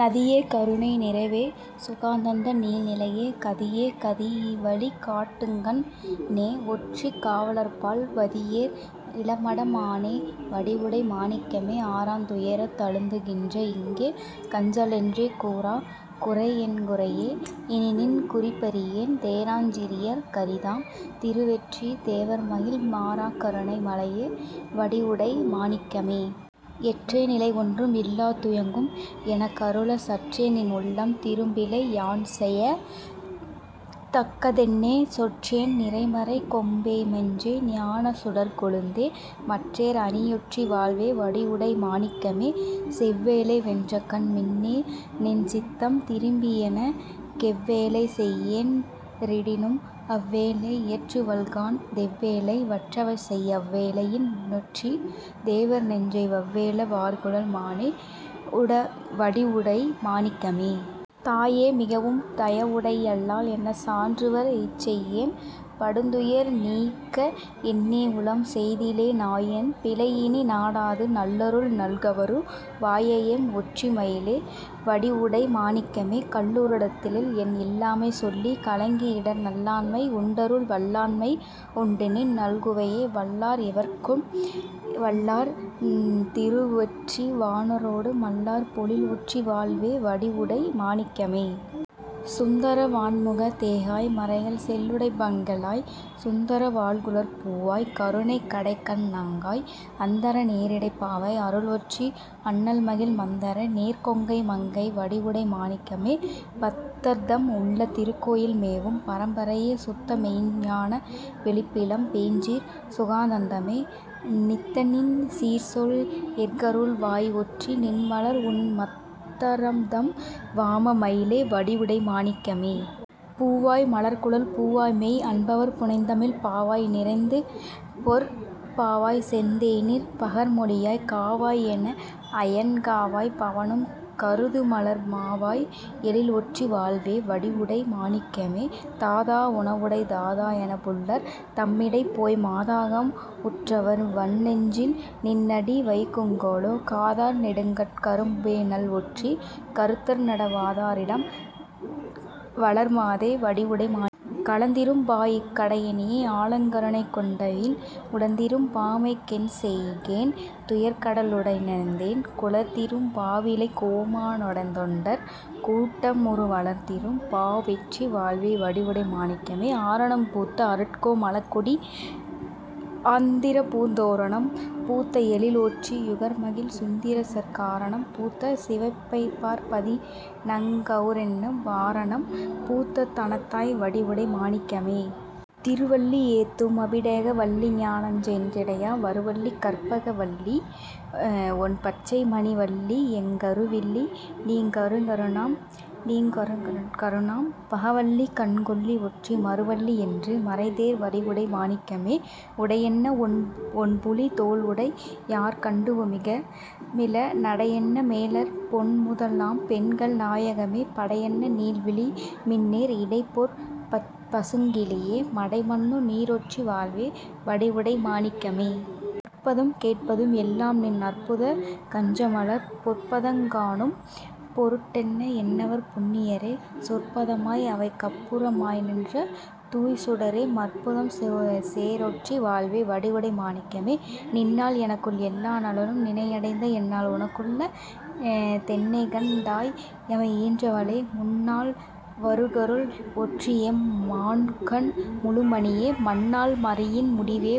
நிதியே கருணை நிறைவே சுகாநந்த நீள்நிலையே கதியே கதிவழி காட்டுங்கண் ணேஒற்றிக் காவலர்பால் வதியேர் இளமட மானே வடிவுடை மாணிக்கமே. ஆறாத் துயரத் தழுந்துகின்றேனைஇங் கஞ்சல்என்றே கூறாக் குறைஎன்குறையே இனிநின் குறிப்பறியேன் தேறாச் சிறியர்க் கரிதாம் திருவொற்றித் தேவர்மகிழ் மாறாக் கருணை மழையே வடிவுடை மாணிக்கமே. எற்றே நிலைஒன்றும் இல்லா துயங்கும் எனக்கருளச் சற்றேநின் உள்ளம் திரும்பிலை யான்செயத் தக்கதென்னே சொற்றேன் நிறைமறைக் கொம்பேமெய்ஞ் ஞானச் சுடர்க்கொழுந்தே மற்றேர் அணியொற்றி வாழ்வே வடிவுடை மாணிக்கமே. செவ்வேலை வென்றகண் மின்னே நின்சித்தம் திரும்பியெனக் கெவ்வேலை செய்யேன் றிடினும் அவ்வேலை இயற்றுவல்காண் தெவ்வேலை வற்றச்செய் அவ்வேளை யீன்றொற்றித் தேவர்நெஞ்சை வவ்வேல வார்குழல் மானே வடிவுடை மாணிக்கமே. தாயே மிகவும் தயவுடை யாள்எனச் சாற்றுவர்இச் சேயேன் படுந்துயர் நீக்கஎன்னேஉளம் செய்திலையே நாயேன் பிழைஇனி நாடாது நல்லருள் நல்கவரு வாயேஎம் ஒற்றி மயிலே வடிவுடை மாணிக்கமே. கல்லாரிடத்தில்என் இல்லாமை சொல்லிக் கலங்கிஇடர் நல்லாண்மை உண்டருள் வல்லாண்மை உண்டெனின் நல்குவையே வல்லார் எவர்கட்கும் வல்லார் திருவொற்றி வாணரொடு மல்லார் பொழில்ஒற்றி வாழ்வே வடிவுடை மாணிக்கமே. சுந்தர வாண்முகத் தோகாய் மறைகள் சொலுபைங்கிள்ளாய் சுந்தர வார்குழற் பூவாய் கருணைக் கடைக்கண்நங்காய் அந்தர நேரிடைப் பாவாய் அருள்ஒற்றி அண்ணல்மகிழ் மந்தர நேர்கொங்கை மங்கை வடிவுடை மாணிக்கமே. பத்தர்தம் உள்ளத் திருக்கோயில் மேவும் பரம்பரையே சுத்தமெய்ஞ் ஞானவொளிப்பிழம் பேசிற் சுகாநந்தமே நித்தநின் சீர்சொல எற்கருள் வாய்ஒற்றி நின்மலர்உன் மத்தர்தம் வாம மயிலே வடிவுடை மாணிக்கமே. பூவாய் மலர்க்குழல் பூவாய்மெய் அன்பர் புனைந்ததமிழ்ப் பாவாய் நிறைந்தபொற் பாவாய்செந் தேனிற் பகர்மொழியாய் காவாய் எனஅயன்காவாய் பவனும் கருதுமலர் மாவாய் எழில்ஒற்றி வாழ்வே வடிவுடை மாணிக்கமே. தாதா உணவுடை தாதா எனப்புல்லர் தம்மிடைப்போய் மாதாகம் உற்றவர் வன்நெஞ்சில் நின்அடி வைகுங்கொலோ காதார் நெடுங்கட் கரும்பேநல் ஒற்றிக் கருத்தர்நட வாதா ரிடம்வளர் மாதே வடிவுடை மாணிக்கமே. களந்திரும் பாஇக் கடையேனை ஆளக்கருணைகொண்டுன் உளத்திரும் பாமைக் கென் செய்கேன் துயர்க்கட லூடலைந்தேன் குளத்திரும் பாவிழிக் கோமா னொடுந்தொண்டர் கூட்டமுற வளந்திரும் பாவொற்றி வாழ்வே வடிவுடை மாணிக்கமே. ஆரணம் பூத்த அருட்கோ மளக்கொடி அந்தரிபூந் தோரணம் பூத்த எழில்ஒற்றி யுர்மகிழ் சுந்தரிசற் காரணம் பூத்த சிவைப்பார்ப் பதிநங் கெளரிஎன்னும் வாரணம் பூத்த தனத்தாய் வடிவுடை மாணிக்கமே. திருவல்லி ஏத்தும் அபிடேக வல்லிஎஞ் சென்னியிடை வருவல்லி கற்பக வல்லிஒண் பச்சை மணிவல்லிஎங் கருவல்லி நீக்குங் கருணாம் பகவல்லி கண்கொள்ஒற்றி மருவல்லி யென்று மறைதேர் வடிவுடை மாணிக்கமே. உடையென்ன ஒண்புலித் தோல்உடை யார்கண்டுவக்குமிள நடையென்ன மேமலர்ப் பொன்முத லாம்பெண்கள் நாயகமே படையென்ன நீள்விழி மின்னேர் இடைப் பொற் பசுங்கிளியே மடைமன்னு நீரொற்றி வாழ்வே வடிவுடை மாணிக்கமே. கற்பதும் கேட்பதும் எல்லாம்நின் அற்புதக் கஞ்சமலர்ப் பொற்பதங் காணும் பொருட்டென எண்ணுவர் புண்ணியரே சொற்பத மாய் அவைக் கப்புற மாய்நின்ற தூய்ச் சுடரே மற்பதம் சேரொற்றி வாழ்வே வடிவுடை மாணிக்கமே. நின்னால் எனக்குள எல்லா நலனும் நினைஅடைந்த என்னால் உனக்குள தென்னைகண் டாய்எமை ஈன்றவளே முன்நால் வருக்கருள் ஒற்றிஎம் மான்கண் முழுமணியே மன்னால் மறையின் முடிவே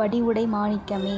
வடிவுடை மாணிக்கமே.